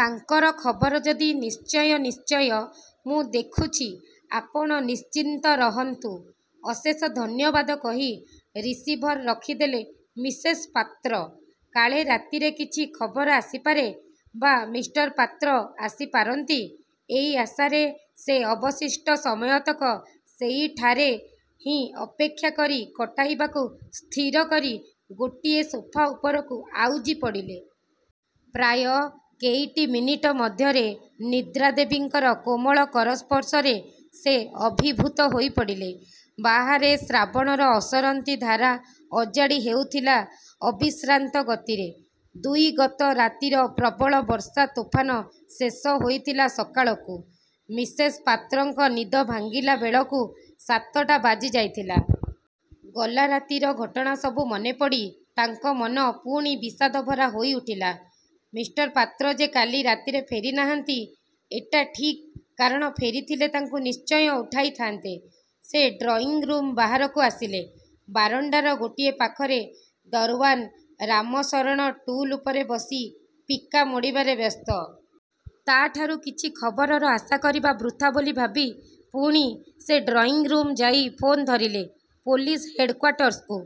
ତାଙ୍କର ଖବର ଯଦି '''' ନିଶ୍ଚୟ, ନିଶ୍ଚୟ! ମୁଁ ଦେଖୁଛି; ଆପଣ ନିଶ୍ଚିନ୍ତ ରହନ୍ତୁ। '' ''ଅଶେଷ ଧନ୍ୟବାଦ '' କହି ରିସିଭର୍ ରଖି ଦେଲେ ମିସେସ୍ ପାତ୍ର। କାଳେ ରାତିରେ କିଛି ଖବର ଆସିପାରେ ବା ମି: ପାତ୍ର ଆସି ପାରନ୍ତି, ଏଇ ଆଶାରେ ସେ ଅବଶିଷ୍ଟ ସମୟତକ ସେଇଠାରେ ହିଁ ଅପେକ୍ଷା କରି କଟାଇବାକୁ ସ୍ଥିର କରି ଗୋଟିଏ ସୋଫା ଉପରକୁ ଆଉଜି ପଡ଼ିଲେ। ପ୍ରାୟ କେଇଟି ମିନିଟ ମଧ୍ୟରେ ନିଦ୍ରା ଦେବୀଙ୍କର କୋମଳ କର ସ୍ପର୍ଶରେ ସେ ଅଭିଭୂତ ହୋଇ ପଡ଼ିଲେ। ବାହାରେ ଶ୍ରାବଣର ଅସରନ୍ତି ଧାରା ଅଜାଡ଼ି ହେଉଥିଲା ଅବିଶ୍ରାନ୍ତ ଗତିରେ। -ଦୁଇ- ଗତ ରାତିର ପ୍ରବଳ ବର୍ଷା ତୋଫାନ ଶେଷ ହୋଇଥିଲା ସକାଳକୁ। ମିସେସ୍ ପାତ୍ରଙ୍କ ନିଦ ଭାଙ୍ଗିଲା ବେଳକୁ ସାତଟା ବାଜି ଯାଇଥିଲା। ଗଲା ରାତିର ଘଟଣା ସବୁ ମନେପଡ଼ି ତାଙ୍କ ମନ ପୁଣି ବିଷାଦଭରା ହୋଇଉଠିଲା। ମି: ପାତ୍ର ଯେ କାଲି ରାତିରେ ଫେରି ନାହାନ୍ତି-ଏଟା, ଠିକ୍, କାରଣ ଫେରି ଥିଲେ ତାଙ୍କୁ ନିଶ୍ଚୟ ଉଠାଇଥାନ୍ତେ। ସେ ଡ୍ରଇଂ ରୁମ୍ ବାହାରକୁ ଆସିଲେ। ବାରଣ୍ଡାର ଗୋଟିଏ ପାଖରେ ଦର୍ଓ୍ୱାନ୍ ରାମଶରଣ ଟୁଲ୍ ଉପରେ ବସି ପିକା ମୋଡ଼ିବାରେ ବ୍ୟସ୍ତ। ତା' ଠାରୁ କିଛି ଖବରର ଆଶା କରିବା ବୃଥା ବୋଲି ଭାବି ପୁଣି ସେ ଡ୍ରଇଂରୁମ୍ ଯାଇ ଫୋନ୍ ଧରିଲେ, ପୋଲିସ୍ ହେଡ଼୍କ୍ୱାଟର୍ସକୁ।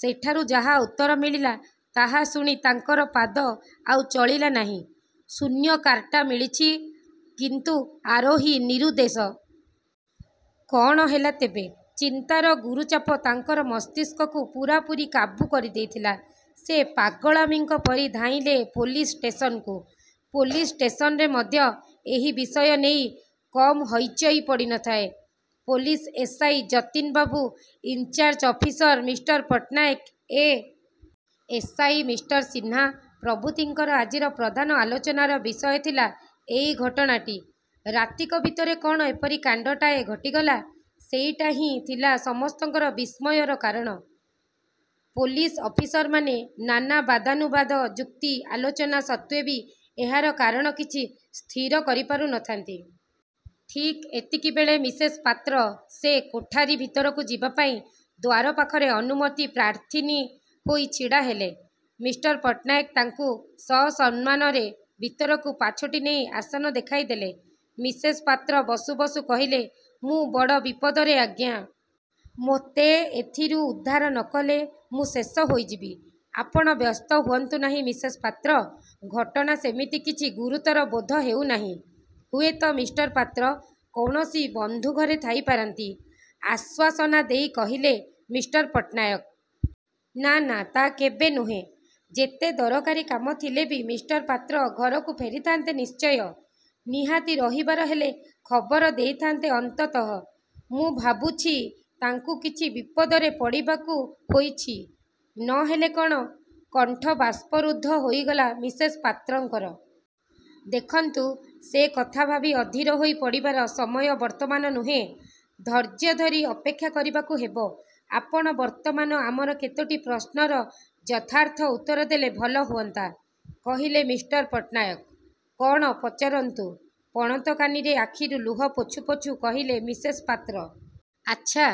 ସେଠାରୁ ଯାହା ଉତ୍ତର ମିଳିଲା ତାହା ଶୁଣି ତାଙ୍କର ପାଦ ଆଉ ଚଳିଲା ନାହିଁ। ''ଶୂନ୍ୟ କାର୍ଟା ମିଳିଛି, କିନ୍ତୁ ଆରୋହୀ ନିରୁଦ୍ଦେଶ! କ'ଣ ହେଲା ତେବେ? '' ଚିନ୍ତାର ଗୁରୁଚାପ ତାଙ୍କର ମସ୍ତିଷ୍କକୁ ପୂରାପୂରି କାବୁ କରି ଦେଇଥିଲା। ସେ ପାଗଳାମୀଙ୍କ ପରି ଧାଇଁଲେ ପୋଲିସ୍ ଷ୍ଟେସନକୁ-। ପୋଲିସ୍ ଷ୍ଟେସନରେ ମଧ୍ୟ ଏହି ବିଷୟ ନେଇ କମ ହୈଚୈ ପଡ଼ି ନ ଥାଏ। Police S. ଆଇ. ଯତୀନ ବାବୁ, in charge officer Mr: Pattanaik, A. S. I. Mr: Sinha ପ୍ରଭୃତିଙ୍କର ଆଜିର ପ୍ରଧାନ ଆଲୋଚନାର ବିଷୟ ଥିଲା ଏଇ ଘଟଣାଟି। ରାତିକ ଭିତରେ କ'ଣ ଏପରି କାଣ୍ଡଟାଏ ଘଟିଗଲା-ସେଇଟାହିଁ ଥିଲା ସମସ୍ତଙ୍କର ବିସ୍ମୟର କାରଣ। ପୋଲିସ୍ ଅଫିସରମାନେ ନାନା ବାଦାନୁବାଦ, ଯୁକ୍ତି, ଆଲୋଚନା ସତ୍ତ୍ୱେ ବି ଏହାର କାରଣ କିଛି ସ୍ଥିର କରିପାରୁ ନଥାନ୍ତି। ଠିକ୍ ଏତିକିବେଳେ ମିସେସ୍ ପାତ୍ର ସେ କୋଠାରୀ ଭିତରକୁ ଯିବା ପାଇଁ ଦ୍ୱାର ପାଖରେ ଅନୁମତି ପ୍ରାର୍ଥିନୀ ହୋଇ ଛିଡ଼ା ହେଲେ। ମି: ପଟ୍ଟନାୟକ ତାଙ୍କୁ ସସମ୍ମାନରେ ଭିତରକୁ ପାଛୋଟି ନେଇ ଆସନ ଦେଖାଇ ଦେଲେ। ମିସେସ୍ ପାତ୍ର ବସୁ ବସୁ କହିଲେ-''ମୁଁ ବଡ଼ ବିପଦରେ ଆଜ୍ଞା-! ମୋତେ ଏଥିରୁ ଉଦ୍ଧାର ନ କଲେ ମୁଁ ଶେଷ ହୋଇଯିବି। '' ''ଆପଣ ବ୍ୟସ୍ତ ହୁଅନ୍ତୁ ନାହିଁ ମିସେସ୍ ପାତ୍ର! ଘଟଣା ସେମିତି କିଛି ଗୁରୁତର ବୋଧ ହେଉନାହିଁ। ହୁଏତ ମିଷ୍ଟର ପାତ୍ର କୌଣସି ବନ୍ଧୁ ଘରେ ଥାଇ ପାରନ୍ତି। '' ଆଶ୍ୱାସନା ଦେଇ କହିଲେ ମି: ପଟ୍ଟନାୟକ। ''ନା, ନା, ତା କେବେ ନୁହେଁ। ଯେତେ ଦରକାରୀ କାମ ଥିଲେ ବି ମି: ପାତ୍ର ଘରକୁ ଫେରିଥାନ୍ତେ ନିଶ୍ଚୟ। ନିହାତି ରହିବାର ହେଲେ ଖବର ଦେଇଥାନ୍ତେ ଅନ୍ତତଃ। ମୁଁ ଭାବୁଛି ତାଙ୍କୁ କିଛି ବିପଦରେ ପଡ଼ିବାକୁ ହୋଇଛି। ନହେଲେ କ'ଣ '' କଣ୍ଠ ବାସ୍ପରୁଦ୍ଧ ହୋଇଗଲା ମିସେସ୍ ପାତ୍ରଙ୍କର। ''ଦେଖନ୍ତୁ! ସେ କଥା ଭାବି ଅଧୀର ହୋଇ ପଡ଼ିବାର ସମୟ ବର୍ତ୍ତମାନ ନୁହେଁ। ଧୈର୍ଯଧରି ଅପେକ୍ଷା କରିବାକୁ ହେବ। ଆପଣ ବର୍ତ୍ତମାନ ଆମର କେତୋଟି ପ୍ରଶ୍ନର ଯଥାର୍ଥ ଉତ୍ତର ଦେଲେ ଭଲ ହୁଅନ୍ତା। '' କହିଲେ ମି: ପଟ୍ଟନାୟକ। ''କ'ଣ ପଚାରନ୍ତୁ! '' ପଣତ କାନିରେ ଆଖିରୁ ଲୁହ ପୋଛୁ ପୋଛୁ କହିଲେ ମିସେସ୍ ପାତ୍ର। ''ଆଚ୍ଛା,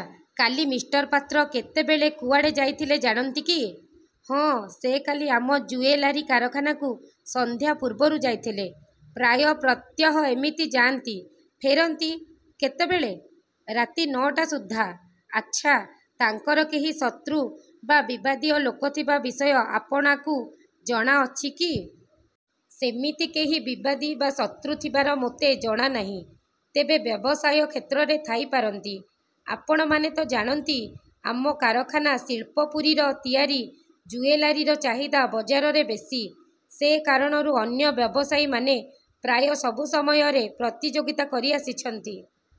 କାଲି ମି: ପାତ୍ର କେତେବେଳେ କୁଆଡ଼େ ଯାଇଥିଲେ ଜାଣନ୍ତି କି? '' ''ହଁ, ସେ କାଲି ଆମ ଜୁଏଲାରୀ କାରଖାନାକୁ ସନ୍ଧ୍ୟା ପୂର୍ବରୁ ଯାଇଥିଲେ। ପ୍ରାୟ ପ୍ରତ୍ୟହ ଏମିତି ଯାଆନ୍ତି। '' ''ଫେରନ୍ତି କେତେବେଳେ? '' ''ରାତି ନଅଟା ସୁଦ୍ଧା। '' ''ଆଚ୍ଛା, ତାଙ୍କର କେହି ଶତ୍ରୁ ବା ବିବାଦୀୟ ଲୋକ ଥିବା ବିଷୟ ଆପଣାକୁ ଜଣା ଅଛିକି-? '' ''ସେମିତି କେହି ବିବାଦୀ ବା ଶତ୍ରୁ ଥିବାର ମୋତେ ଜଣାନାହିଁ, ତେବେ ବ୍ୟବସାୟ କ୍ଷେତ୍ରରେ ଥାଇପାରନ୍ତି। ଆପଣମାନେ ତ ଜାଣନ୍ତି-ଆମ କାରଖାନା 'ଶିଳ୍ପପୁରୀ'ର ତିଆରି ଜୁଏଲାରୀର ଚାହିଦା ବଜାରରେ ବେଶୀ। ସେ କାରଣରୁ ଅନ୍ୟ ବ୍ୟବସାୟୀମାନେ ପ୍ରାୟ ସବୁ ସମୟରେ ପ୍ରତିଯୋଗିତା କରି ଆସିଛନ୍ତି।